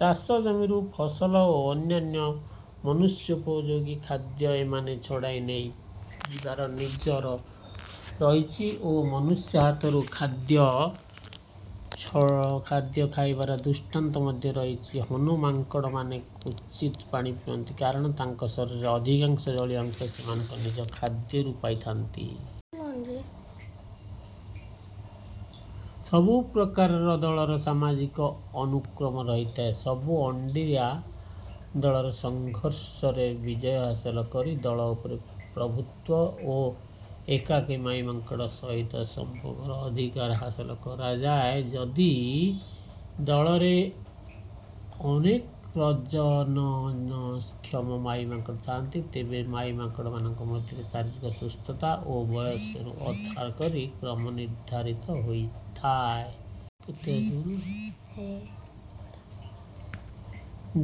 ଚାଷ ଜମିରୁ ଫସଲ ଓ ଅନ୍ୟାନ୍ୟ ମନୁଷ୍ୟୋପଯୋଗୀ ଖାଦ୍ୟ ଏମାନେ ଛଡ଼ାଇ ନେଇଯିବାର ନଜିର ରହିଛି ଓ ମନୁଷ୍ୟ ହାତରୁ ଖାଦ୍ୟ ଖାଇବାର ଦୃଷ୍ଟାନ୍ତ ମଧ୍ୟ ରହିଛି। ହନୁ ମାଙ୍କଡ଼ମାନେ କ୍ୱଚିତ ପାଣି ପିଅନ୍ତି; କାରଣ ତାଙ୍କ ଶରୀରର ଅଧିକାଂଶ ଜଳୀୟ ଅଂଶ ସେମାନେ ନିଜ ଖାଦ୍ୟରୁ ପାଇଯାନ୍ତି। ସବୁ ପ୍ରକାରର ଦଳରେ ସାମାଜିକ ଅନୁକ୍ରମ ରହିଥାଏ। ସବୁ-ଅଣ୍ଡିରା ଦଳରେ ସଂଘର୍ଷରେ ବିଜୟ ହାସଲ କରି ଦଳ ଉପରେ ପ୍ରଭୁତ୍ୱ ଓ ଏକାକୀ ମାଈ ମାଙ୍କଡ଼ ସହିତ ସମ୍ଭୋଗର ଅଧିକାର ହାସଲ କରାଯାଏ। ଯଦି ଦଳରେ ଅନେକ ପ୍ରଜନନକ୍ଷମ ମାଈ ମାଙ୍କଡ଼ ଥାନ୍ତି, ତେବେ ମାଈ ମାଙ୍କଡ଼ମାନଙ୍କ ମଧ୍ୟରେ ଶାରୀରିକ ସୁସ୍ଥତା ଓ ବୟସକୁ ଆଧାର କରି କ୍ରମ ନିର୍ଦ୍ଧାରିତ ହୋଇଥାଏ।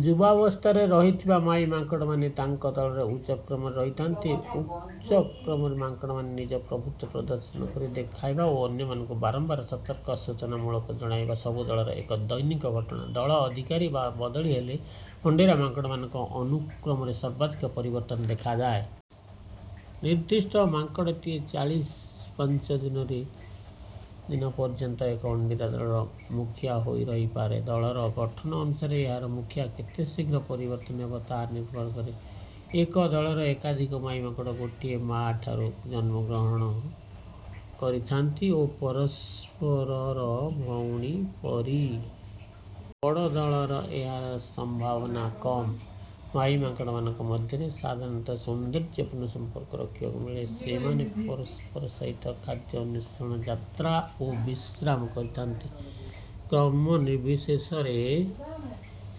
ଯୁବାବସ୍ଥାରେ ରହିଥିବା ମାଈ ମାଙ୍କଡ଼ମାନେ ତାଙ୍କ ଦଳରେ ଉଚ୍ଚ କ୍ରମରେ ରହିଥାନ୍ତି। ଉଚ୍ଚ କ୍ରମର ମାଙ୍କଡ଼ମାନେ ନିଜ ପ୍ରଭୁତ୍ୱ ପ୍ରଦର୍ଶନ କରି ଦେଖାଇହେବା ଓ ଅନ୍ୟମାନଙ୍କୁ ବାରମ୍ବାର ସତର୍କତା ସୂଚନାପୂର୍ବକ ଜଣାଇବା ସବୁ ଦଳରେ ଏକ ଦୈନନ୍ଦିନ ଘଟଣା। ଦଳ ଅଧିକାର ବା ବଦଳି ହେଲେ ଅଣ୍ଡିରା ମାଙ୍କଡ଼ମାନଙ୍କ ଅନୁକ୍ରମରେ ସର୍ବାଧିକ ପରିବର୍ତ୍ତନ ଦେଖାଦିଏ। ନିର୍ଦ୍ଦିଷ୍ଟ ମାଙ୍କଡ଼ଟିଏ ଚାଳିଶି ପାଞ୍ଚ ଦିନ ପର୍ଯ୍ୟନ୍ତ ଏକ-ଅଣ୍ଡିରା ଦଳର ମୁଖିଆ ହୋଇ ରହିପାରେ। ଦଳର ଗଠନ ଅନୁସାରେ ଏହାର ମୁଖିଆ କେତେ ଶୀଘ୍ର ପରିବର୍ତ୍ତନ ହେବ ତାହା ନିର୍ଭର କରେ। ଏକ ଦଳର ଏକାଧିକ ମାଈ ମାଙ୍କଡ଼ ଗୋଟିଏ ମା'ଠାରୁ ଜନ୍ମଗ୍ରହଣ କରିଥାଇପାରନ୍ତି ଓ ପରସ୍ପରର ଭଉଣୀ ପରି। ବଡ଼ ଦଳରେ ଏହାର ସମ୍ଭାବନା କମ। ମାଈ ମାଙ୍କଡ଼ମାନଙ୍କ ମଧ୍ୟରେ ସାଧାରଣତଃ ସୌହାର୍ଦ୍ଦ୍ୟପୂର୍ଣ୍ଣ ସମ୍ପର୍କ ଦେଖିବାକୁ ମିଳେ। ସେମାନେ ପରସ୍ପର ସହିତ ଖାଦ୍ୟ ଅନ୍ୱେଷଣ, ଯାତ୍ରା ଓ ବିଶ୍ରାମ କରିଥାନ୍ତି। କ୍ରମ ନିର୍ବିଶେଷରେ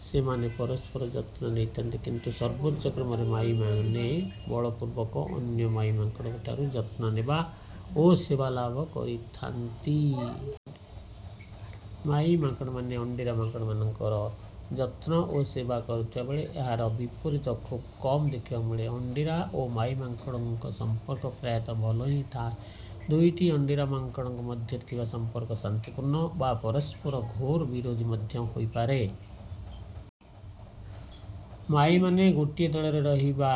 ସେମାନେ ପରସ୍ପରର ଯତ୍ନ ନେଇଥାନ୍ତି। କିନ୍ତୁ ସର୍ବୋଚ୍ଚ-କ୍ରମର ମାଈମାନେ ବଳପୂର୍ବକ ଅନ୍ୟ ମାଈ ମାଙ୍କଡ଼ମାନଙ୍କଠାରୁ ଯତ୍ନ ଓ ସେବା ଲାଭ କରିଥାନ୍ତି। ମାଈ ମାଙ୍କଡ଼ମାନେ ଅଣ୍ଡିରା ମାଙ୍କଡ଼ମାନଙ୍କ ଯତ୍ନ ଓ ସେବା କରୁଥିବା ବେଳେ ଏହାର ବିପରୀତ ଖୁବ କମ ଦେଖିବାକୁ ମିଳେ। ଅଣ୍ଡିରା ଓ ମାଈମାନଙ୍କ ସମ୍ପର୍କ ପ୍ରାୟତଃ ଭଲ ହିଁ ଥାଏ। ଦୁଇଟି ଅଣ୍ଡିରା ମାଙ୍କଡ଼ ମଧ୍ୟରେ ଥିବା ସମ୍ପର୍କ ଶାନ୍ତିପୂର୍ଣ୍ଣ ବା ପରସ୍ପରର ଘୋର ବିରୋଧୀ ମଧ୍ୟ ହୋଇପାରେ। ମାଈମାନେ ଗୋଟିଏ ଦଳରେ ରହିବା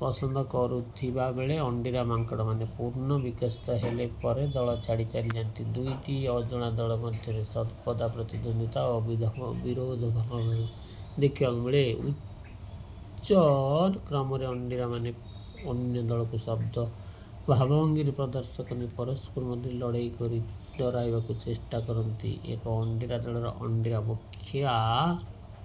ପସନ୍ଦ କରୁଥିବା ବେଳେ ଅଣ୍ଡିରା ମାଙ୍କଡ଼ମାନେ ପୂର୍ଣ୍ଣ ବିକଶିତ ହେଲା ପରେ ଦଳ ଛାଡ଼ି ଚାଲିଯାଆନ୍ତି। ଦୁଇଟି ଅଜଣା ଦଳ ମଧ୍ୟରେ ସର୍ବଦା ପ୍ରତିଦ୍ୱନ୍ଦ୍ୱିତା ଓ ବିରୋଧାଭାସ ଦେଖିବାକୁ ମିଳେ। ଉଚ୍ଚ କ୍ରମର ଅଣ୍ଡିରାମାନେ ଅନ୍ୟ ଦଳକୁ ଶବ୍ଦ, ଭାବଭଙ୍ଗୀର ପ୍ରଦର୍ଶନ କରି ଓ ପରସ୍ପର ମଧ୍ୟରେ ଲଢ଼େଇ କରି ଡରାଇବାକୁ ଚେଷ୍ଟା କରନ୍ତି। ଏକ-ଅଣ୍ଡିରା ଦଳରେ ଅଣ୍ଡିରା ମୁଖିଆ